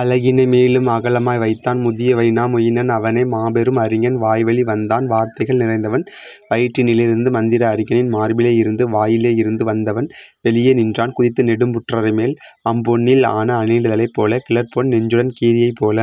அலகினை மேலும் அகலமாய் வைத்தான்; முதிய வைனா மொயினன் அவனே மாபெரும் அறிஞன் வாய்வழி வந்தான் வார்த்தைகள் நிறைந்தவன் வயிற்றினி லிருந்து மந்திர அறிஞனின் மார்பிலே யிருந்து; வாயிலே யிருந்து வந்தவன் வெளியே நின்றான் குதித்து நெடும்புற் றரைமேல் அம்பொனில் ஆன அணிலதைப் போல கிளர்பொன் நெஞ்சுடன் கீரியைப் போல.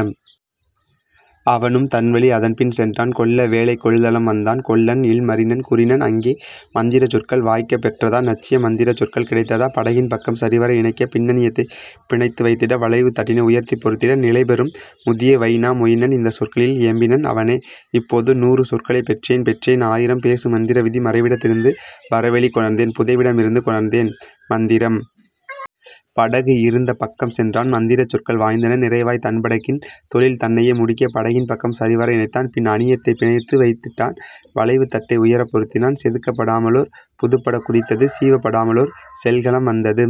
அவனும் தன்வழி அதன்பின் சென்றான் கொல்ல வேலைக் கொள்தளம் வந்தான்; கொல்லன் இல்மரினன் கூறினன் அங்கே: "மந்திரச் சொற்கள் வாய்க்கப் பெற்றதா நச்சிய மந்திரச் சொற்கள் கிடைத்ததா படகின் பக்கம் சரிவர இணைக்க பின்னணி யத்தைப் பிணைத்து வைத்திட வளைவுத் தட்டினை உயர்த்திப் பொருத்திட? " நிலைபெறும் முதிய வைனா மொயினன் இந்தச் சொற்களில் இயம்பினன் அவனே: "இப்போது நூறு சொற்களைப் பெற்றேன் பெற்றேன் ஆயிரம் பேசுமந் திரவிதி மறைவிடத் திருந்து வரவெளிக் கொணர்ந்தேன் புதைவிட மிருந்து கொணர்ந்தேன் மந்திரம். " படகு இருந்த பக்கம் சென்றான் மந்திரச் சொற்கள் வாய்ந்தன நிறைவாய் தன்பட கின்தொழில் தன்னையே முடிக்க படகின் பக்கம் சரிவர இணைத்தான் பின்அணி யத்தைப் பிணைத்துவைத் திட்டான் வளைவுத் தட்டை உயரப் பொருத்தினான் செதுக்கப் படாமலோர் புதுப்பட குதித்தது சீவப் படாமலோர் செல்கலம் வந்தது.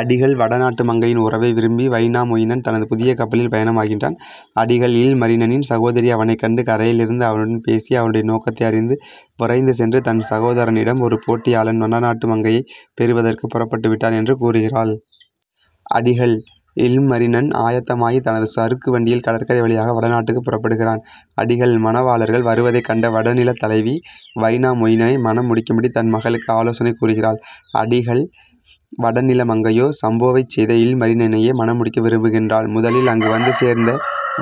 அடிகள்: வடநாட்டு மங்கையின் உறவை விரும்பி வைனாமொயினன் தனது புதிய கப்பலில் பயணமாகின்றான். அடிகள்: இல்மரினனின் சகோதரி அவனைக் கண்டு, கரையிலிருந்து அவனுடன் பேசி, அவனுடைய நோக்கத்தை அறிந்து, விரைந்து சென்று தன் சகோதரனிடம் ஒரு போட்டியாளன் வடநாட்டு மங்கையைப் பெறுவதற்குப் புறப்பட்டுவிட்டான் என்று கூறுகிறாள். அடிகள்: இல்மரினன் ஆயத்தமாகித் தனது சறுக்கு வண்டியில் கடற்கரை வழியாக வடநாட்டுக்குப் புறப்படுகிறான். அடிகள்: மணவாளர்கள் வருவதைக் கண்ட வடநிலத் தலைவி, வைனாமொயினனை மணம் முடிக்கும்படி தன் மகளுக்கு ஆலோசனை கூறுகிறாள். அடிகள் வடநில மங்கையோ சம்போவைச் செய்த இல்மரினனையே மணமுடிக்க விரும்புகின்றாள். முதலில் அங்கு வந்து சேர்ந்த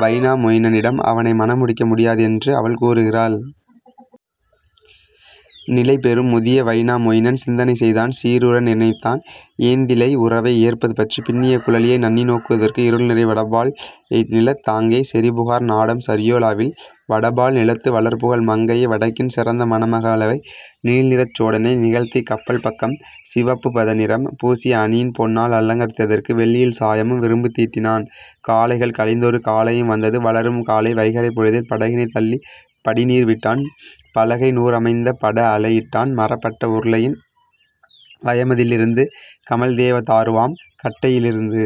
வைனாமொயினனிடம் அவனை மணம் முடிக்க முடியாது என்று அவள் கூறுகிறாள். நிலைபெறும் முதிய வைனா மொயினன் சிந்தனை செய்தான் சீருற நினைத்தான் ஏந்திழை உறவை ஏற்பது பற்றி பின்னிய குழலியை நண்ணிநோக் குதற்கு இருள்நிறை வடபால் இயைநிலத் தாங்கே செறிபுகார் நாடாம் சரியோ லாவில் வடபால் நிலத்து வளர்புகழ் மங்கையை வடக்கின் சிறந்த மணமக ளவளை. நீல்நிறச் சோடனை நிகழ்த்திக் கப்பல் பக்கம் சிவப்பு பதநிறம் பூசி அணியம் பொன்னால் அலங்கரித் ததற்கு வெள்ளியில் சாயமும் விரும்பித் தீட்டினான்; காலைகள் கழிந்தொரு காலையும் வந்தது வளரும் காலை வைகறைப் பொழுதில் படகினைத் தள்ளிப் படிநீர் விட்டான் பலகைநூ றமைந்த படஅலை யிட்டான் மரப்பட் உருளையின் வயமதி லிருந்து கமழ்தேவ தாருவாம் கட்டையி லிருந்து.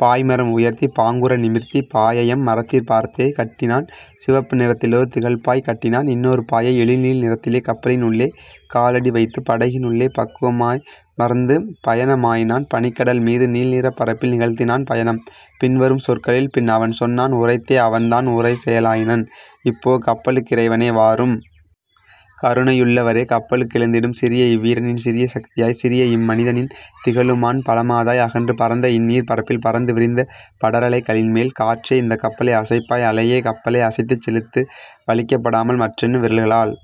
பாய்மரம் உயர்த்தி பாங்குற நிமிர்த்தி பாயையம் மரத்திற் பார்த்தே கட்டினான் சிவப்பு நிறத்திலோர் திகழ்பாய் கட்டினான் இன்னொரு பாயை எழில்நீல் நிறத்திலே கப்பலின் உள்ளே காலடி வைத்து படகின் உள்ளே பக்குவ மாயமர்ந் பயண மாயினன் பனிக்கடல் மீது நீல்நீர்ப் பரப்பில் நிகழ்த்தினான் பயணம். பின்வரும் சொற்களில் பின்அவன் சொன்னான் உரைத்தே அவன்தான் உரைசெய லாயினன்: "இப்போ கப்பலுக் கிறைவனே, வாரும்! கருணையுள் ளவரே, கப்பலுக் கெழுந்திடும்! சிறியஇவ் வீரனின் சீரிய சக்தியாய், சிறியஇம் மனிதனின் திகழுமாண் பலமதாய், அகன்று பரந்த இந்நீர்ப் பரப்பில் பரந்து விரிந்த படரலை களின்மேல். காற்றே இந்தக் கப்பலை அசைப்பாய் அலையே கப்பலை அசைத்துச் செலுத்து வலிக்கப் படாமல் மற்றென் விரல்களால்